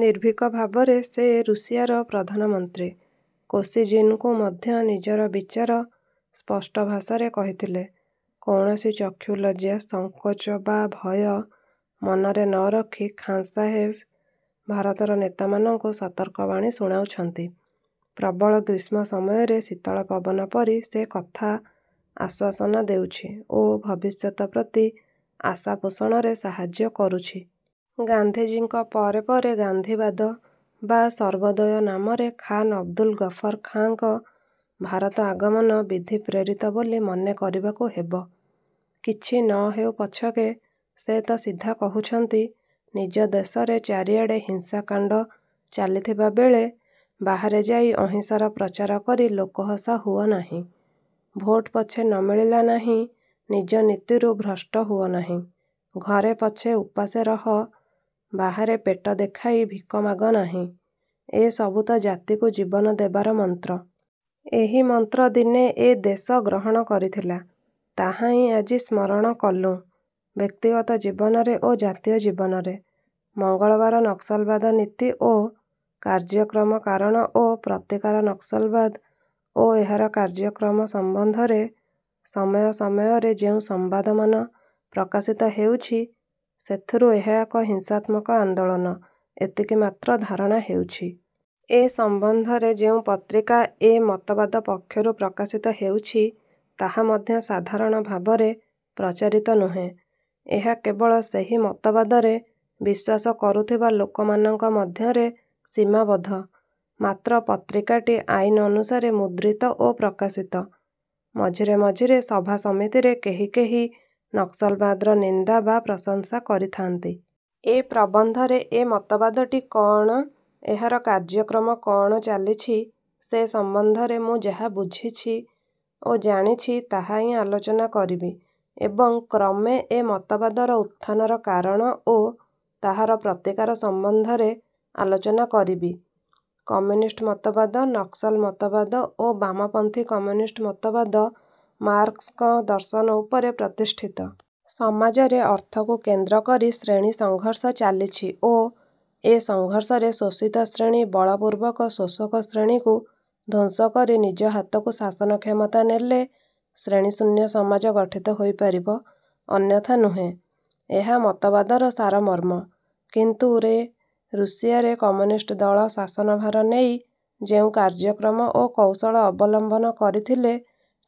ନିର୍ଭୀକ ଭାବରେ ସେ ରୁଷିଆର ପ୍ରଧାନମନ୍ତ୍ରୀ। କୋସିଜିନଙ୍କୁ ମଧ୍ୟ ନିଜର ବିଚାର ସ୍ପଷ୍ଟ ଭାଷାରେ କହିଥିଲେ। କୌଣସି ଚକ୍ଷୁଲଜ୍ଜା, ସଙ୍କୋଚ ବା ଭୟ ମନରେ ନ ରଖି ଖାଁ ସାହେବ ଭାରତର ନେତାମାନଙ୍କୁ ସତର୍କ ବାଣୀ ଶୁଣାଉଛନ୍ତି। ପ୍ରବଳ ଗ୍ରୀଷ୍ମ ସମୟରେ ଶୀତଳ ପବନ ପରି ସେ କଥା ଆଶ୍ୱାସନା ଦେଉଛି ଓ ଭବିଷ୍ୟତ ପ୍ରତି ଆଶା ପୋଷଣରେ ସାହାଯ୍ୟ କରୁଛି। ଗାନ୍ଧିଜୀଙ୍କ ପରେ ପରେ ଗାନ୍ଧିବାଦ ବା ସର୍ବୋଦୟ ନାମରେ ଖାନ୍ ଅବଦୁଲ ଗଫର ଖାଁଙ୍କ ଭାରତ ଆଗମନ ବିଧି-ପ୍ରେରିତ ବୋଲି ମନେ କରିବାକୁ ହେବ। କିଛି ନ ହେଉ ପଛକେ ସେ ତ ସିଧା କହୁଛନ୍ତି ''ନିଜ ଦେଶରେ ଚାରିଆଡ଼େ ହିଂସାକାଣ୍ଡ ଚାଲିଥିବା ବେଳେ, ବାହାରେ ଯାଇ ଅହିଂସାର ପ୍ରଚାର କରି ଲୋକହସା ହୁଅନାହିଁ'', ''ଭୋଟ ପଛେ ନ ମିଳିଲା ନାହିଁ, ନିଜ ନୀତିରୁ ଭ୍ରଷ୍ଟ ହୁଅନାହିଁ'', ''ଘରେ ପଛେ ଉପାସେ ରହ, ବାହାରେ ପେଟ ଦେଖାଇ ଭିଖ ମାଗ ନାହିଁ'' ଏ ସବୁ ତ ଜାତିକୁ ଜୀବନ ଦେବାର ମନ୍ତ୍ର। ଏହି ମନ୍ତ୍ର ଦିନେ ଏ ଦେଶ ଗ୍ରହଣ କରିଥିଲା। ତାହାହିଁ ଆଜି ସ୍ମରଣ କଲୁଁ, ବ୍ୟକ୍ତିଗତ ଜୀବନରେ ଓ ଜାତୀୟ ଜୀବନରେ। ମଙ୍ଗଳବାର ନକ୍ସଲବାଦ-ନୀତି ଓ କାର୍ଯ୍ୟକ୍ରମ କାରଣ ଓ ପ୍ରତିକାର ନକ୍ସଲବାଦ ଓ ଏହାର କାର୍ଯ୍ୟକ୍ରମ ସମ୍ବନ୍ଧରେ ସମୟ ସମୟରେ ଯେଉଁ ସମ୍ବାଦମାନ ପ୍ରକାଶିତ ହେଉଛି ସେଥିରୁ ଏହା ଏକ ହିଂସାତ୍ମକ ଆନ୍ଦୋଳନ, ଏତିକିମାତ୍ର ଧାରଣା ହେଉଛି। ଏ ସମ୍ବନ୍ଧରେ ଯେଉଁ ପତ୍ରିକା ଏ ମତବାଦ ପକ୍ଷରୁ ପ୍ରକାଶିତ ହେଉଛି ତାହା ମଧ୍ୟ ସାଧାରଣ ଭାବରେ ପ୍ରଚାରିତ ନୁହେଁ। ଏହା କେବଳ ସେହି ମତବାଦରେ ବିଶ୍ୱାସ କରୁଥିବା ଲୋକମାନଙ୍କ ମଧ୍ୟରେ ସୀମାବଦ୍ଧ। ମାତ୍ର ପତ୍ରିକାଟି ଆଇନ ଅନୁସାରେ ମୁଦ୍ରିତ ଓ ପ୍ରକାଶିତ। ମଝିରେ ମଝିରେ ସଭା ସମିତିରେ କେହି କେହି ନକ୍ସଲବାଦର ନିନ୍ଦା ବା ପ୍ରଶଂସା କରିଥାନ୍ତି। ଏ ପ୍ରବନ୍ଧରେ ଏ ମତବାଦଟି କଅଣ, ଏହାର କାର୍ଯ୍ୟକ୍ରମ କଅଣ ଚାଲିଛି ସେ ସମ୍ବନ୍ଧରେ ମୁଁ ଯାହା ବୁଝିଛି ଓ ଜାଣିଛି ତାହାହିଁ ଆଲୋଚନା କରିବି ଏବଂ କ୍ରମେ ଏ ମତବାଦର ଉତ୍ଥାନର କାରଣ ଓ ତାହାର ପ୍ରତିକାର ସମ୍ବନ୍ଧରେ ଆଲୋଚନା କରିବି। କମ୍ୟୁନିଷ୍ଟ ମତବାଦ, ନକ୍ସଲ ମତବାଦ ଓ ବାମପନ୍ଥୀ କମ୍ୟୁନିଷ୍ଟ ମତବାଦ ମାର୍କସ୍ଙ୍କ ଦର୍ଶନ ଉପରେ ପ୍ରତିଷ୍ଠିତ। ସମାଜରେ ଅର୍ଥକୁ କେନ୍ଦ୍ର କରି ଶ୍ରେଣୀ ସଂଘର୍ଷ ଚାଲିଛି ଓ ଏ ସଂଘର୍ଷରେ ଶୋଷିତ ଶ୍ରେଣୀ ବଳପୂର୍ବକ ଶୋଷକ ଶ୍ରେଣୀକୁ ଧ୍ୱଂସ କରି ନିଜ ହାତକୁ ଶାସନକ୍ଷମତା ନେଲେ, ଶ୍ରେଣୀଶୂନ୍ୟସମାଜ ଗଠିତ ହୋଇପାରିବ, ଅନ୍ୟଥା ନୁହେଁ। ଏହା ମତବାଦର ସାରମର୍ମ। କିନ୍ତୁ ରେ ରୁଷିଆରେ କମ୍ୟୁନିଷ୍ଟ ଦଳ ଶାସନଭାର ନେଇ ଯେଉଁ କାର୍ଯ୍ୟକ୍ରମ ଓ କୌଶଳ ଅବଲମ୍ବନ କରିଥିଲେ,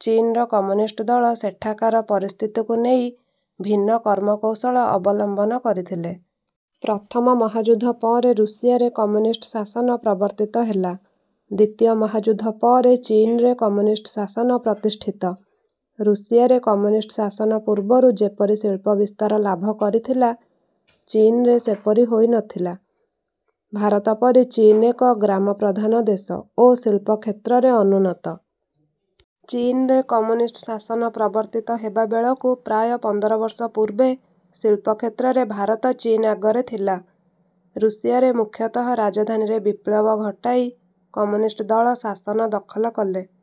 ଚୀନର କମ୍ୟୁନିଷ୍ଟ ଦଳ ସେଠାକାର ପରିସ୍ଥିତିକୁ ନେଇ ଭିନ୍ନ କର୍ମକୌଶଳ ଅବଲମ୍ବନ କରିଥିଲେ। ପ୍ରଥମ ମହାଯୁଦ୍ଧ ପରେ ରୁଷିଆରେ କମ୍ୟୁନିଷ୍ଟ ଶାସନ ପ୍ରବର୍ତ୍ତିତ ହେଲା। ଦ୍ୱିତୀୟ ମହାଯୁଦ୍ଧ ପରେ ଚୀନରେ କମ୍ୟୁନିଷ୍ଟ ଶାସନ ପ୍ରତିଷ୍ଠିତ। ରୁଷିଆରେ କମ୍ୟୁନିଷ୍ଟ ଶାସନ ପୂର୍ବରୁ ଯେପରି ଶିଳ୍ପ ବିସ୍ତାର ଲାଭ କରିଥିଲା; ଚୀନରେ ସେପରି ହୋଇ ନଥିଲା। ଭାରତ ପରି ଚୀନ ଏକ ଗ୍ରାମ ପ୍ରଧାନ ଦେଶ ଓ ଶିଳ୍ପ କ୍ଷେତ୍ରରେ ଅନୁନ୍ନତ। ଚୀନରେ କମ୍ୟୁନିଷ୍ଟ ଶାସନ ପ୍ରବର୍ତ୍ତିତ ହେବାବେଳକୁ ପ୍ରାୟ ପନ୍ଦରବର୍ଷ ପୂର୍ବେ ଶିଳ୍ପକ୍ଷେତ୍ରରେ ଭାରତ ଚୀନ ଆଗରେ ଥିଲା। ରୁଷିଆରେ ମୁଖ୍ୟତଃ ରାଜଧାନୀରେ ବିପ୍ଳବ ଘଟାଇ କମ୍ୟୁନିଷ୍ଟ ଦଳ ଶାସନ ଦଖଲ କଲେ।